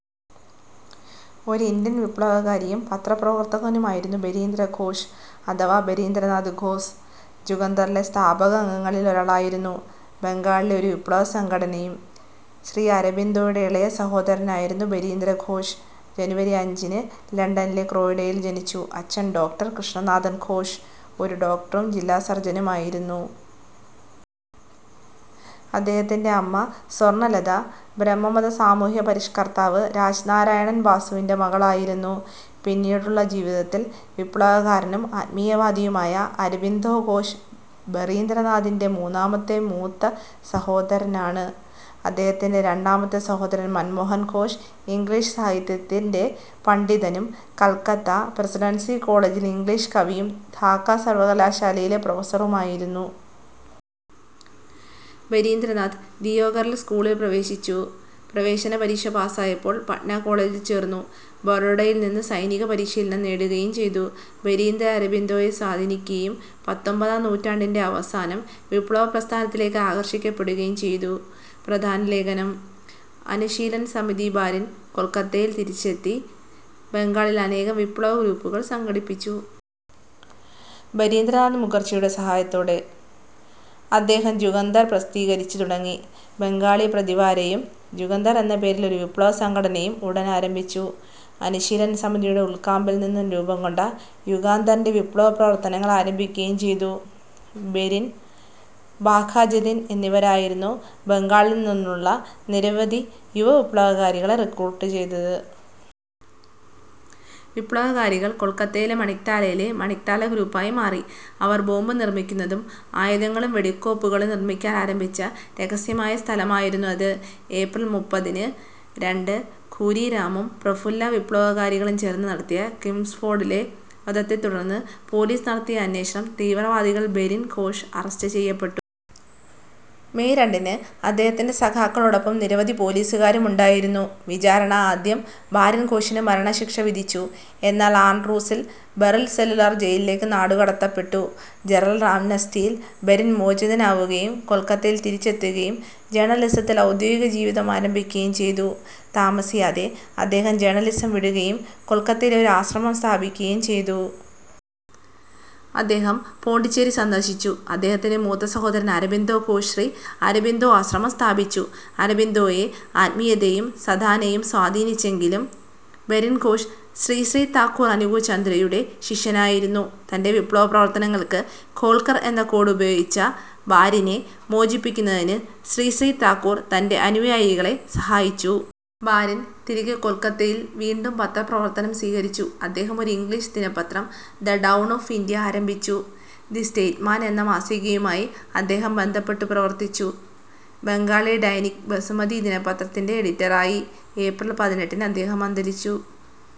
ഒരു ഇന്ത്യൻ വിപ്ലവകാരിയും പത്രപ്രവർത്തകനുമായിരുന്നു ബരീന്ദ്ര ഘോഷ് അഥവാ ബരീന്ദ്ര നാഥ് ഘോസ്. ജുഗന്തറിലെ സ്ഥാപക അംഗങ്ങളിൽ ഒരാളായിരുന്നു. ബംഗാളിലെ ഒരു വിപ്ലവ സംഘടനയും. ശ്രീ അരബിന്ദോയുടെ ഇളയ സഹോദരനായിരുന്നു ബരീന്ദ്ര ഘോഷ്. ജനുവരി അഞ്ചിന് ലണ്ടനിലെ ക്രോയിഡണിൽ ജനിച്ചു. അച്ഛൻ ഡോക്ടർ കൃഷ്ണനാഥൻ ഘോഷ്, ഒരു ഡോക്ടറും ജില്ലാ സർജനും ആയിരുന്നു. അദ്ദേഹത്തിൻ്റെ അമ്മ സ്വർണ്ണലത ബ്രഹ്മ മത സാമൂഹ്യ പരിഷ്ക്കർത്താവ് രാജ് നാരായണൻ ബാസുവിൻ്റെ മകളായിരുന്നു. പിന്നീടുള്ള ജീവിതത്തിൽ വിപ്ലവകാരനും ആത്മീയവാദിയുമായ അരബിന്ദോ ഘോഷ് ബറീന്ദ്രനാഥിൻ്റെ മൂന്നാമത്തെ മൂത്ത സഹോദരനാണ്. അദ്ദേഹത്തിൻ്റെ രണ്ടാമത്തെ സഹോദരൻ മൻമോഹൻ ഘോഷ് ഇംഗ്ലീഷ് സാഹിത്യത്തിൻ്റെ പണ്ഡിതനും, കൽക്കത്ത പ്രസിഡൻസി കോളേജിൽ ഇംഗ്ലീഷ് കവിയും ധാക്ക സർവ്വകലാശാലയിലെ പ്രൊഫസ്സറുമായിരുന്നു. ബരിന്ദ്രനാഥ് ദിയോഘറിൽ സ്കൂളിൽ പ്രവേശിച്ചു. പ്രവേശന പരീക്ഷ പാസായപ്പോൾ പട്ന കോളേജിൽ ചേർന്നു. ബറോഡയിൽ നിന്ന് സൈനിക പരിശീലനം നേടുകയും ചെയ്തു. ബരീന്ദ്ര അരബിന്ദോയെ സ്വാധീനിക്കുകയും പത്തൊൻപതാം നൂറ്റാണ്ടിൻ്റെ അവസാനം വിപ്ലവ പ്രസ്ഥാനത്തിലേക്ക് ആകർഷിക്കപ്പെടുകയും ചെയ്തു. പ്രധാന ലേഖനം: അനുശീലൻ സമിതി ബാരിൻ കൊൽക്കത്തയിൽ തിരിച്ചെത്തി, ബംഗാളിൽ അനേകം വിപ്ലവ ഗ്രൂപ്പുകൾ സംഘടിപ്പിച്ചു. ജതീന്ദ്രനാഥ് മുഖർജിയുടെ സഹായത്തോടെ. അദ്ദേഹം ജുഗന്തർ പ്രസിദ്ധീകരിച്ചു തുടങ്ങി, ബംഗാളി പ്രതിവാരയും, ജുഗന്തർ എന്ന പേരിൽ ഒരു വിപ്ലവ സംഘടനയും ഉടൻ ആരംഭിച്ചു. അനുശീലൻ സമിതിയുടെ ഉൾക്കാമ്പിൽ നിന്നും രൂപം കൊണ്ട യുഗാന്തറിൻ്റെ വിപ്ലവ പ്രവർത്തനങ്ങൾ ആരംഭിക്കുകയും ചെയ്തു. ബരിൻ, ബാഘ ജതിൻ എന്നിവരായിരുന്നു ബംഗാളിൽ നിന്നുള്ള നിരവധി യുവ വിപ്ലവകാരികളെ റിക്രൂട്ട് ചെയ്തത്. വിപ്ലവകാരികൾ കൊൽക്കത്തയിലെ മണിക്ടാലയിലെ മണിക്ടാലഗ്രൂപ്പായി മാറി. അവർ ബോംബ് നിർമ്മിക്കുന്നതും ആയുധങ്ങളും വെടിക്കോപ്പുകളും നിർമ്മിക്കാൻ ആരംഭിച്ച രഹസ്യമായ സ്ഥലമായിരുന്നു അത്. ഏപ്രിൽ മുപ്പതിന് രണ്ട് ഖൂദിരാമും പ്രഫുല്ല വിപ്ലവകാരികളും ചേർന്ന് നടത്തിയ കിംഗ്സ്ഫോർഡിലെ വധത്തെ തുടർന്ന് പോലീസ് നടത്തിയ അന്വേഷണം തീവ്രവാദികൾ ബരിൻ ഘോഷ് അറസ്റ്റ് ചെയ്യപ്പെട്ടു. മെയ് രണ്ടിന് അദ്ദേഹത്തിൻ്റെ സഖാക്കളോടൊപ്പം നിരവധി പോലീസുകാരും ഉണ്ടായിരുന്നു. വിചാരണ ആദ്യം ബാരിൻ ഘോഷിന് മരണശിക്ഷ വിധിച്ചു. എന്നാൽ ആൻഡ്രൂസിൽ ബറിൻ സെല്ലുലാർ ജയിലിലേക്ക് നാടുകടത്തപ്പെട്ടു. ജനറൽ ആംനസ്റ്റിയിൽ ബരിൻ മോചിതനാവുകയും കൊൽക്കത്തയിൽ തിരിച്ചെത്തുകയും ജേർണലിസത്തിൽ ഔദ്യോഗിക ജീവിതം ആരംഭിക്കുകയും ചെയ്തു. താമസിയാതെ അദ്ദേഹം ജേണലിസം വിടുകയും കൊൽക്കത്തയിൽ ഒരു ആശ്രമം സ്ഥാപിക്കുകയും ചെയ്തു. അദ്ദേഹം പോണ്ടിച്ചേരി സന്ദർശിച്ചു. അദ്ദേഹത്തിൻ്റെ മൂത്ത സഹോദരൻ അരബിന്ദോ ഘോഷ് ശ്രീ അരബിന്ദോ ആശ്രമം സ്ഥാപിച്ചു. അരബിന്ദോയെ ആത്മീയതയും സദാനയും സ്വാധീനിച്ചെങ്കിലും ബരിൻ ഘോഷ് ശ്രീ ശ്രീ താക്കൂർ അനുഖുചന്ദ്രയുടെ ശിഷ്യനായിരുന്നു. തൻ്റെ വിപ്ലവ പ്രവർത്തനങ്ങൾക്ക് 'ഗോൽഘർ' എന്ന കോഡ് ഉപയോഗിച്ച ബാരിനെ മോചിപ്പിക്കുന്നതിന് ശ്രീ ശ്രീ താക്കൂർ തൻ്റെ അനുയായികളെ സഹായിച്ചു. ബാരിൻ തിരികെ കൊൽക്കത്തയിൽ വീണ്ടും പത്രപ്രവർത്തനം സ്വീകരിച്ചു. അദ്ദേഹം ഒരു ഇംഗ്ലീഷ് ദിനപത്രം ദ ഡൗൺ ഓഫ് ഇൻഡ്യ ആരംഭിച്ചു. ദി സ്റ്റേറ്റ്സ്മാൻ എന്ന മാസികയുമായി അദ്ദേഹം ബന്ധപ്പെട്ടു പ്രവർത്തിച്ചു. ബംഗാളി ഡൈനിക് ബസുമതി ദിന പത്രത്തിൻ്റെ എഡിറ്ററായി. ഏപ്രിൽ പതിനെട്ടിന് അദ്ദേഹം അന്തരിച്ചു.